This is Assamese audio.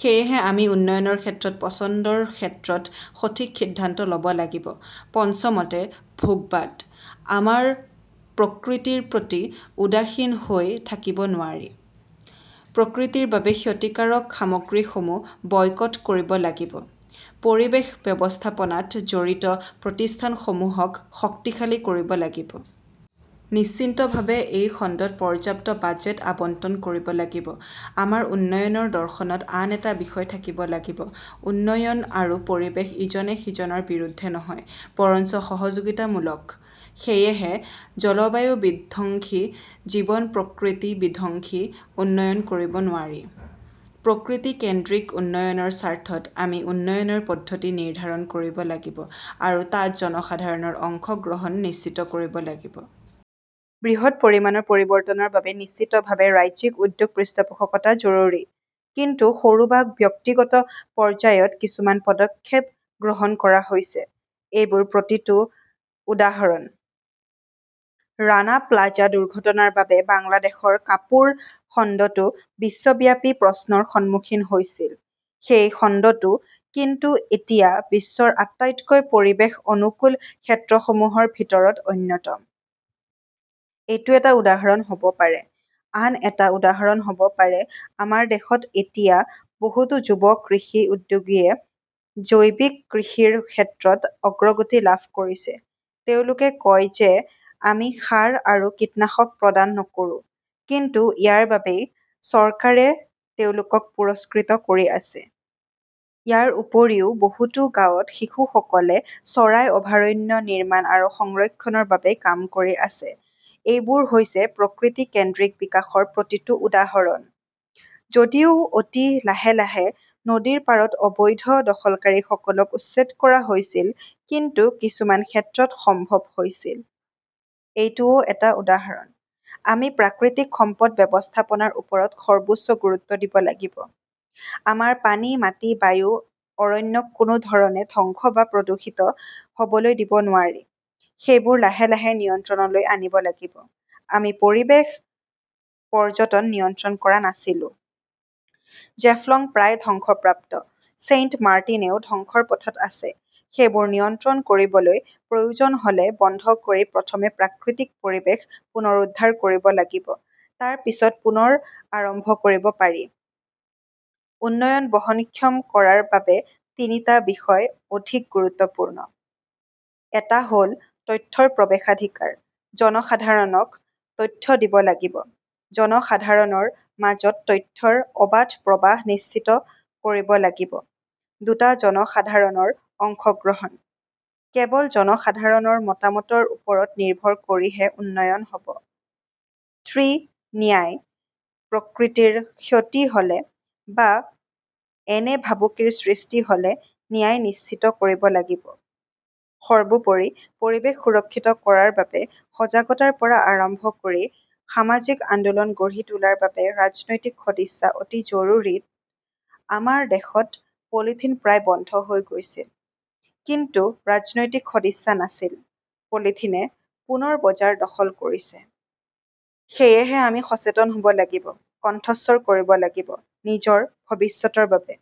সেয়েহে আমি উন্নয়নৰ ক্ষেত্ৰত পছন্দৰ ক্ষেত্ৰত সঠিক সিদ্ধান্ত ল 'ব লাগিব। পঞ্চমতে, ভোগবাদ। আমাৰ প্ৰকৃতিৰ প্ৰতি উদাসীন হৈ থাকিব নোৱাৰি। প্ৰকৃতিৰ বাবে ক্ষতিকাৰক সামগ্ৰীসমূহ বয়কট কৰিব লাগিব। পৰিৱেশ ব্যৱস্থাপনাত জড়িত প্ৰতিষ্ঠানসমূহক শক্তিশালী কৰিব লাগিব। নিশ্চিতভাৱে এই খণ্ডত পৰ্যাপ্ত বাজেট আবণ্টন কৰিব লাগিব। আমাৰ উন্নয়নৰ দৰ্শনত আন এটা বিষয় থাকিব লাগিব-উন্নয়ন আৰু পৰিৱেশ ইজনে সিজনৰ বিৰুদ্ধে নহয় বৰঞ্চ সহযোগিতামূলক। সেয়েহে জলবায়ু বিধ্বংসী, জীৱন-প্ৰকৃতি বিধ্বংসী উন্নয়ন কৰিব নোৱাৰি। প্ৰকৃতি-কেন্দ্ৰিক উন্নয়নৰ স্বাৰ্থত আমি উন্নয়নৰ পদ্ধতি নিৰ্ধাৰণ কৰিব লাগিব আৰু তাত জনসাধাৰণৰ অংশগ্ৰহণ নিশ্চিত কৰিব লাগিব। বৃহৎ পৰিমাণৰ পৰিৱৰ্তনৰ বাবে নিশ্চিতভাৱে ৰাজ্যিক উদ্যোগ, পৃষ্ঠপোষকতা জৰুৰী। কিন্তু সৰু বা ব্যক্তিগত পৰ্যায়ত কিছুমান পদক্ষেপ গ্ৰহণ কৰা হৈছে। এইবোৰ প্ৰতিটো উদাহৰণ। ৰাণা প্নাজা দুৰ্ঘটনাৰ বাবে বাংলাদেশৰ কাপোৰ খণ্ডটো বিশ্বব্যাপী প্ৰশ্নৰ সন্মুখীন হৈছিল, সেই খণ্ডটো কিন্তু এতিয়া বিশ্বৰ আটাইতকৈ পৰিৱেশ অনুকূল ক্ষেত্ৰসমূহৰ ভিতৰত অন্যতম। এইটো এটা উদাহৰণ হ’ব পাৰে। আন এটা উদাহৰণ হ’ব পাৰে-আমাৰ দেশত এতিয়া বহুতো যুৱ কৃষি উদ্যোগীয়ে জৈৱিক কৃষিৰ ক্ষেত্ৰত অগ্ৰগতি লাভ কৰিছে। তেওঁলোকে কয় যে আমি সাৰ আৰু কীটনাশক প্ৰদান নকৰো। কিন্তু ইয়াৰ বাবেই চৰকাৰে তেওঁলোকক পুৰস্কৃত কৰি আছে। ইয়াৰ উপৰিও, বহুতো গাঁৱত শিশুসকলে চৰাই অভয়াৰণ্য নিৰ্মাণ আৰু সংৰক্ষণৰ বাবে কাম কৰি আছে। এইবোৰ হৈছে প্ৰকৃতি-কেন্দ্ৰিক বিকাশৰ প্ৰতিটো উদাহৰণ। যদিও অতি লাহে লাহে নদীৰ পাৰত অবৈধ দখলকাৰীসকলক উচ্ছেদ কৰা হৈছিল কিন্তু কিছুমান ক্ষেত্ৰত সম্ভৱ হৈছিল। এইটোও এটা উদাহৰণ। আমি প্ৰাকৃতিক সম্পদ ব্যৱস্থাপনাৰ ওপৰত সৰ্বোচ্চ গুৰুত্ব দিব লাগিব। আমাৰ পানী, মাটি, বায়ু, অৰণ্যক কোনো ধৰণে ধ্বংস বা প্ৰদূষিত হ’বলৈ দিব নোৱাৰি। সেইবোৰ লাহে লাহে নিয়ন্ত্ৰণলৈ আনিব লাগিব। আমি পৰিৱেশ পৰ্যটন নিয়ন্ত্ৰণ কৰা নাছিলো। জেফলঙ প্ৰায় ধ্বংসপ্ৰাপ্ত, ছেইণ্টমাৰ্টিনেও ধ্বংসৰ পথত আছে। সেইবোৰ নিয়ন্ত্ৰণ কৰিবলৈ প্ৰয়োজন হ’লে বন্ধ কৰি প্ৰথমে প্ৰাকৃতিক পৰিৱেশ পুনৰুদ্ধাৰ কৰিব লাগিব। তাৰ পিছত পুনৰ আৰম্ভ কৰিব পাৰি। উন্নয়ন বহনক্ষম কৰাৰ বাবে তিনিটা বিষয় অধিক গুৰুত্বপূৰ্ণ। এটা হ’ল তথ্যৰ প্ৰৱেশাধিকাৰ। জনসাধাৰণক তথ্য দিব লাগিব। জনসাধাৰণৰ মাজত তথ্যৰ অবাধ প্ৰৱাহ নিশ্চিত কৰিব লাগিব. দুটা. জনসাধাৰণৰ অংশগ্ৰহণ। কেৱল জনসাধাৰণৰ মতামতৰ ওপৰত নিৰ্ভৰ কৰিহে উন্নয়ন হ’ব। ত্ৰি. ন্যায়. প্ৰকৃতিৰ ক্ষতি হ’লে বা এনে ভাবুকিৰ সৃষ্টি হ’লে ন্যায় নিশ্চিত কৰিব লাগিব। সৰ্বোপৰি, পৰিৱেশ সুৰক্ষিত কৰাৰ বাবে সজাগতাৰ পৰা আৰম্ভ কৰি সামাজিক আন্দোলন গঢ়ি তোলাৰ বাবে ৰাজনৈতিক সদিচ্ছা অতি জৰুৰী। ত আমাৰ দেশত পলিথিন প্ৰায় বন্ধ হৈ গৈছিল। কিন্তু ৰাজনৈতিক সদিচ্ছা নাছিল। পলিথিনে পুনৰ বজাৰ দখল কৰিছে। সেয়েহে আমি সচেতন হ 'ব লাগিব, কণ্ঠস্বৰ কৰিব লাগিব। নিজৰ, ভৱিষ্যতৰ বাবে।